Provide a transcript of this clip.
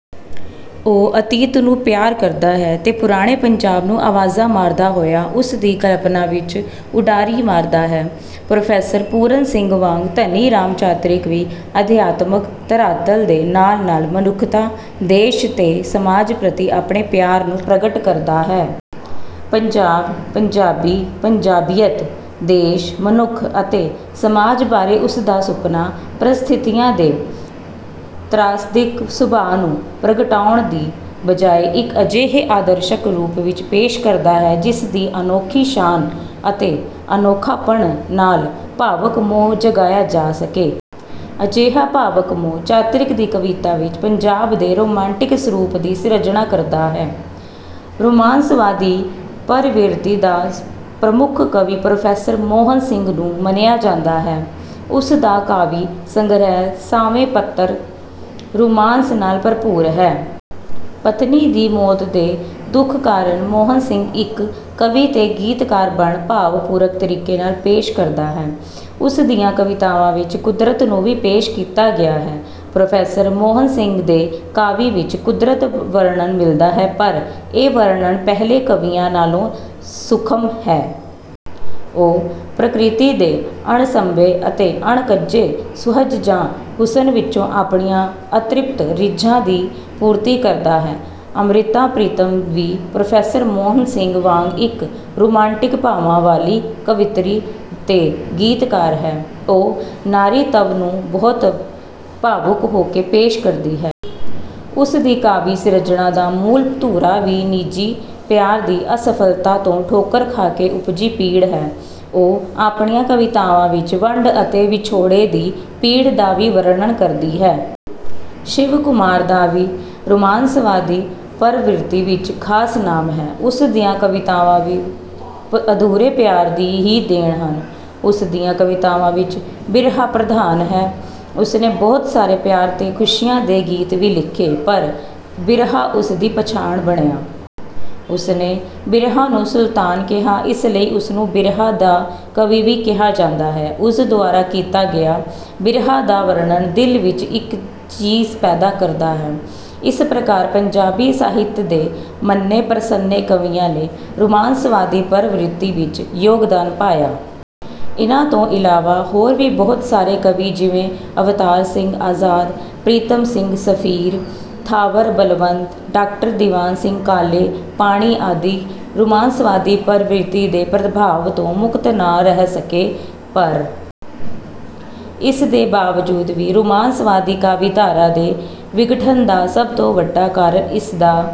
ਉਹ ਅਤੀਤ ਨੂੰ ਪਿਆਰ ਕਰਦਾ ਹੈ ਤੇ ਪੁਰਾਣੇ ਪੰਜਾਬ ਨੂੰ ਆਵਾਜ਼ਾਂ ਮਾਰਦਾ ਹੋਇਆ ਉਸ ਦੀ ਕਲਪਨਾ ਵਿੱਚ ਉਡਾਰੀ ਮਾਰਦਾ ਹੈ। ਪ੍ਰੋਫੈਸਰ ਪੂਰਨ ਸਿੰਘ ਵਾਂਗ ਧਨੀ ਰਾਮ ਚਾਤ੍ਰਿਕ ਵੀ ਅਧਿਆਤਮਕ ਧਰਾਤਲ ਦੇ ਨਾਲ-ਨਾਲ ਮਨੁੱਖਤਾ, ਦੇਸ਼ ਤੇ ਸਮਾਜ ਪ੍ਰਤੀ ਆਪਣੇ ਪਿਆਰ ਨੂੰ ਪ੍ਰਗਟ ਕਰਦਾ ਹੈ। ਪੰਜਾਬ, ਪੰਜਾਬੀ, ਪੰਜਾਬੀਅਤ, ਦੇਸ਼, ਮਨੁੱਖ ਅਤੇ ਸਮਾਜ ਬਾਰੇ ਉਸ ਦਾ ਸੁਪਨਾ ਪ੍ਰਸਥਿਤੀਆਂ ਦੇ ਤ੍ਰਾਸਦਿਕ ਸੁਭਾਅ ਨੂੰ ਪ੍ਰਗਟਾਉਣ ਦੀ ਬਜਾਇ ਇੱਕ ਅਜਿਹੇ ਆਦਰਸ਼ਕ ਰੂਪ ਵਿੱਚ ਪੇਸ਼ ਕਰਦਾ ਹੈ, ਜਿਸਦੀ ਅਨੋਖੀ ਸ਼ਾਨ ਅਤੇ ਅਨੋਖਾਪਣ ਨਾਲ ਭਾਵਕ ਮੋਹ ਜਗਾਇਆ ਜਾ ਸਕੇ। ਅਜਿਹਾ ਭਾਵਕ ਮੋਹ ਚਾਤ੍ਰਿਕ ਦੀ ਕਵਿਤਾ ਵਿੱਚ ਪੰਜਾਬ ਦੇ ਰੋਮਾਂਟਿਕ ਸਰੂਪ ਦੀ ਸਿਰਜਣਾ ਕਰਦਾ ਹੈ। ਰੁਮਾਂਸਵਾਦੀ ਪ੍ਰਵਿਰਤੀ ਦਾ ਪ੍ਰਮੁੱਖ ਕਵੀ ਪ੍ਰੋਫੈਸਰ ਮੋਹਨ ਸਿੰਘ ਨੂੰ ਮੰਨਿਆ ਜਾਂਦਾ ਹੈ। ਉਸ ਦਾ ਕਾਵਿ ਸੰਗ੍ਰਹਿ 'ਸਾਵੇਂ ਪੱਤਰ' ਰੁਮਾਂਸ ਨਾਲ ਭਰਪੂਰ ਹੈ। ਪਤਨੀ ਦੀ ਮੌਤ ਦੇ ਦੁੱਖ ਕਾਰਨ ਮੋਹਨ ਸਿੰਘ ਇੱਕ ਕਵੀ ਤੇ ਗੀਤਕਾਰ ਬਣ ਭਾਵਪੂਰਕ ਤਰੀਕੇ ਨਾਲ ਪੇਸ਼ ਕਰਦਾ ਹੈ। ਉਸ ਦੀਆਂ ਕਵਿਤਾਵਾਂ ਵਿੱਚ ਕੁਦਰਤ ਨੂੰ ਵੀ ਪੇਸ਼ ਕੀਤਾ ਗਿਆ ਹੈ। ਪ੍ਰੋਫੈਸਰ ਮੋਹਨ ਸਿੰਘ ਦੇ ਕਾਵਿ ਵਿੱਚ ਕੁਦਰਤ ਵਰਨਣ ਮਿਲਦਾ ਹੈ, ਪਰ ਇਹ ਵਰਣਨ ਪਹਿਲੇ ਕਵੀਆਂ ਨਾਲੋਂ ਸੂਖਮ ਹੈ। ਉਹ ਪ੍ਰਕਿਰਤੀ ਦੇ ਅਣਸਂਭੇ ਅਤੇ ਅਣਕੱਜੇ ਸੁਹਜ ਜਾਂ ਹੁਸਨ ਵਿੱਚੋਂ ਆਪਣੀਆਂ ਅਤ੍ਰਿਪਤ ਰੀਝਾਂ ਦੀ ਪੂਰਤੀ ਕਰਦਾ ਹੈ। ਅੰਮ੍ਰਿਤਾ ਪ੍ਰੀਤਮ ਵੀ ਪ੍ਰੋਫੇਸਰ ਮੋਹਨ ਸਿੰਘ ਵਾਂਗ ਇੱਕ ਰੁਮਾਂਟਿਕ ਭਾਵਾਂ ਵਾਲੀ ਕਵਿੱਤਰੀ ਤੇ ਗੀਤਕਾਰ ਹੈ। ਉਹ ਨਾਰੀਤਵ ਨੂੰ ਬਹੁਤ ਭਾਵੁਕ ਹੋ ਕੇ ਪੇਸ਼ ਕਰਦੀ ਹੈ। ਉਸ ਦੀ ਕਾਵਿ ਸਿਰਜਣਾ ਦਾ ਮੂਲ ਧੁਰਾ ਵੀ ਨਿੱਜੀ ਪਿਆਰ ਦੀ ਅਸਫ਼ਲਤਾ ਤੋਂ ਠੋਕਰ ਖਾ ਕੇ ਉਪਜੀ ਪੀੜ ਹੈ। ਉਹ ਆਪਣੀਆਂ ਕਵਿਤਾਵਾਂ ਵਿੱਚ ਵੰਡ ਅਤੇ ਵਿਛੋੜੇ ਦੀ ਪੀੜ ਦਾ ਵੀ ਵਰਨਣ ਕਰਦੀ ਹੈ। ਸ਼ਿਵ ਕੁਮਾਰ ਦਾ ਵੀ ਰੁਮਾਂਸਵਾਦੀ ਪ੍ਰਵਿਰਤੀ ਵਿੱਚ ਖਾਸ ਨਾਮ ਹੈ। ਉਸ ਦੀਆਂ ਕਵਿਤਾਵਾਂ ਵੀ ਅਧੂਰੇ ਪਿਆਰ ਦੀ ਹੀ ਦੇਣ ਹਨ। ਉਸ ਦੀਆਂ ਕਵਿਤਾਵਾਂ ਵਿੱਚ ਬਿਰਹਾ ਪ੍ਰਧਾਨ ਹੈ। ਉਸਨੇ ਬਹੁਤ ਸਾਰੇ ਪਿਆਰ ਤੇ ਖੁਸ਼ੀਆਂ ਦੇ ਗੀਤ ਵੀ ਲਿਖੇ, ਪਰ ਬਿਰਹਾ ਉਸ ਦੀ ਪਛਾਣ ਬਣਿਆ। ਉਸਨੇ ਬਿਰਹਾ ਨੂੰ ਸੁਲਤਾਨ ਕਿਹਾ। ਇਸ ਲਈ ਉਸਨੂੰ ਬਿਰਹਾ ਦਾ ਕਵੀ ਵੀ ਕਿਹਾ ਜਾਂਦਾ ਹੈ। ਉਸ ਦੁਆਰਾ ਕੀਤਾ ਗਿਆ ਬਿਰਹਾ ਦਾ ਵਰਨਣ ਦਿਲ ਵਿੱਚ ਇੱਕ ਚੀਸ ਪੈਦਾ ਕਰਦਾ ਹੈ। ਇਸ ਪ੍ਰਕਾਰ ਪੰਜਾਬੀ ਸਾਹਿਤ ਦੇ ਮੰਨੇ-ਪ੍ਰਮੰਨੇ ਕਵੀਆਂ ਨੇ ਰੁਮਾਂਸਵਾਦੀ ਪ੍ਰਵਿਰਤੀ ਵਿੱਚ ਯੋਗਦਾਨ ਪਾਇਆ। ਇਨ੍ਹਾਂ ਤੋਂ ਇਲਾਵਾ ਹੋਰ ਵੀ ਬਹੁਤ ਸਾਰੇ ਕਵੀ ਜਿਵੇਂ ਅਵਤਾਰ ਸਿੰਘ ਆਜ਼ਾਦ, ਪ੍ਰੀਤਮ ਸਿੰਘ ਸਫ਼ੀਰ, ਥਾਵਰ ਬਲਵੰਤ, ਡਾਕਟਰ ਦੀਵਾਨ ਸਿੰਘ ਕਾਲੇ ਪਾਣੀ ਆਦਿ ਰੁਮਾਂਸਵਾਦੀ ਪ੍ਰਵਿਰਤੀ ਦੇ ਪ੍ਰਭਾਵ ਤੋਂ ਮੁਕਤ ਨਾ ਰਹਿ ਸਕੇ। ਪਰ ਇਸ ਦੇ ਬਾਵਜੂਦ ਵੀ ਰੁਮਾਂਸਵਾਦੀ ਕਾਵਿਧਾਰਾ ਦੇ ਵਿਗਠਨ ਦਾ ਸਭ ਤੋਂ ਵੱਡਾ ਕਾਰਨ ਇਸ ਦਾ